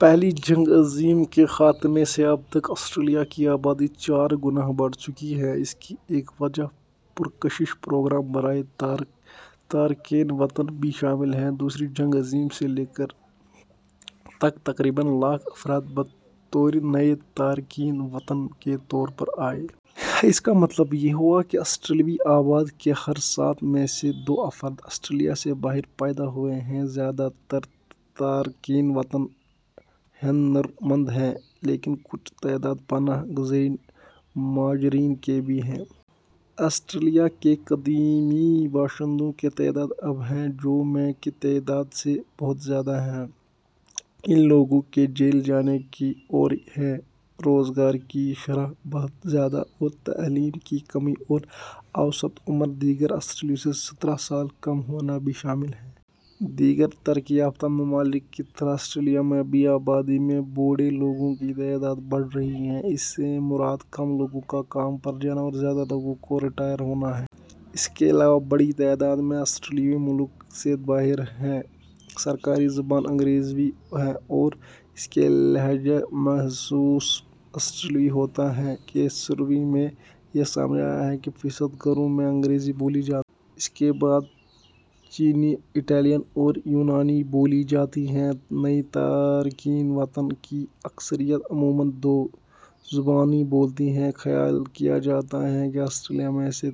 پہلی جنگ عظیم کے خاتمے سے اب تک آسٹریلیا کی آبادی چار گنا بڑھ چکی ہے۔ اس کی ایک وجہ پرکشش پروگرام برائے تارکین وطن بھی شامل ہے۔ دوسری جنگ عظیم سے لے کر ء تک تقریباً لاکھ افراد بطور نئے تارکین وطن کے طور پر آئے۔ اس کا مطلب یہ ہوا کہ آسٹریلوی آبادی کے ہر سات میں سے دو افراد آسٹریلیا سے باہر پیدا ہوئے ہیں۔ زیادہ تر تارکین وطن ہنرمند ہیں لیکن کچھ تعداد پناہ گزین مہاجرین کی بھی ہے۔ آسٹریلیا کے قدیمی باشندوں کی تعداد اب ہے جو ء میں کی تعداد سے بہت زیادہ ہے۔ ان لوگوں کی جیل جانے کی اور بے روزگاری کی شرح بہت زیادہ اور تعلیم کی کمی اور اوسط عمر دیگر آسٹریلیوں سے سترہ سال کم ہونا بھی شامل ہے۔ دیگر ترقی یافتہ ممالک کی طرح آسٹریلیا میں بھی آبادی میں بوڑھے لوگوں کی تعداد بڑھ رہی ہے۔ اس سے مراد کم لوگوں کا کام پر جانا اور زیادہ لوگوں کا ریٹائر ہونا ہے۔ اس کے علاوہ بڑی تعداد میں آسٹریلوی ملک سے باہر ہیں۔ سرکاری زبان انگریزی ہے اور اس کا لہجہ مخصوص آسٹریلوی ہوتا ہے۔ ء کے سروے میں یہ سامنے آیا کہ فیصد گھروں میں انگریزی بولی جاتی ہے۔ اس کے بعد چینی، اٹالین اور یونانی بولی جاتی ہیں۔ نئے تارکین وطن کی اکثریت عموماً دو زبانیں بولتی ہے۔ خیال کیا جاتا ہے کہ آسٹریلیا میں سے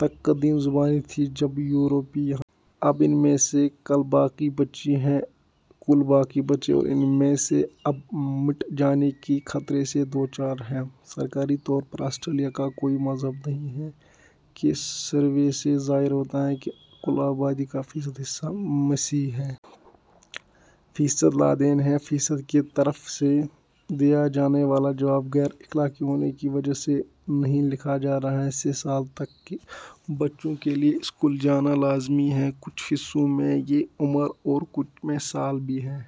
تک قدیم زبانیں تھیں جب یورپی یہاں آئے۔ اب ان میں سے کل باقی بچی ہیں اور ان میں سے اب مٹ جانے کے خطرے سے دوچار ہیں۔ سرکاری طور پر آسٹریلیا کا کوئی مذہب نہیں ہے۔ ء کے سروے سے ظاہر ہوتا ہے کہ کل آبادی کا فیصد حصہ مسیحی ہے۔ فیصد لادین ہیں۔ فیصد کی طرف سے دیا جانا والا جواب غیر اخلاقی ہونے کی وجہ سے نہیں لکھا جا رہا۔ سے سال تک کے بچوں کے لیے اسکول جانا لازمی ہے، کچھ حصوں میں یہ عمر اور کچھ میں سال بھی ہے۔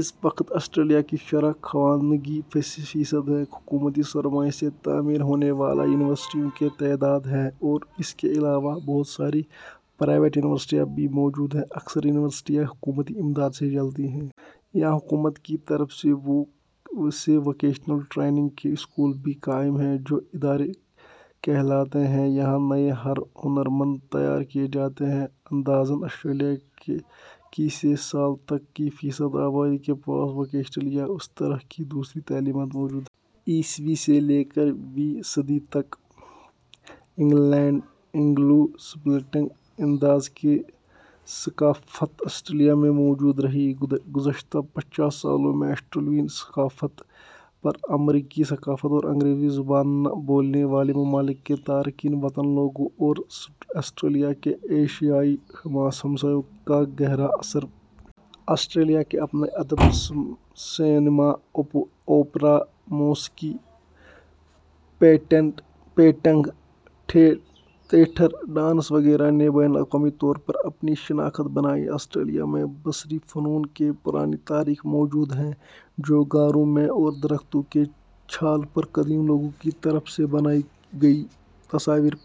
اس وقت آسٹریلیا کی شرح خواندگی فیصد ہے۔ حکومتی سرمائے سے تعمیر ہونے والی یونیورسٹیوں کی تعداد ہے اور اس کے علاوہ بہت ساری پرائیوٹ یونیورسٹیاں بھی موجود ہیں۔ اکثر یونیورسٹیاں حکومتی امداد سے چلتی ہیں۔ یہاں حکومت کی طرف سے ووکیشنل ٹریننگ کے اسکول بھی قائم ہیں جو ادارے کہلاتے ہیں۔ یہاں نئے ہنرمند تیار کیے جاتے ہیں۔ اندازہً آسٹریلیا کی سے سال تک کی فیصد آبادی کے پاس ووکیشنل یا اس طرح کی دوسری تعلیم موجود ہے۔ ء سے لے کر ویں صدی تک اینگلو سیلٹک انداز کی ثقافت آسڑیلیا میں موجود رہی۔ گذشتہ پچاس سالوں میں آسٹریلوی ثقافت پر امریکی ثقافت اور انگریزی زبان نہ بولنے والے ممالک کے تارکین وطن لوگوں اور آسٹریلیا کے ایشیائی ہمسائیوں کا گہرا اثر پڑا ہے۔ آسٹریلیا کے اپنے ادب، سینما، اوپرا، موسیقی، پینٹنگ، تھیٹر، ڈانس وغیرہ نے بین الاقوامی طور پر اپنی شناخت بنائی ہے۔ آسٹریلیا میں بصری فنون کی پرانی تاریخ موجود ہے جو غاروں میں اور درختوں کی چھال پر قدیم لوگوں کی طرف سے بنائی گئی تصاویر پر مشتمل ہے۔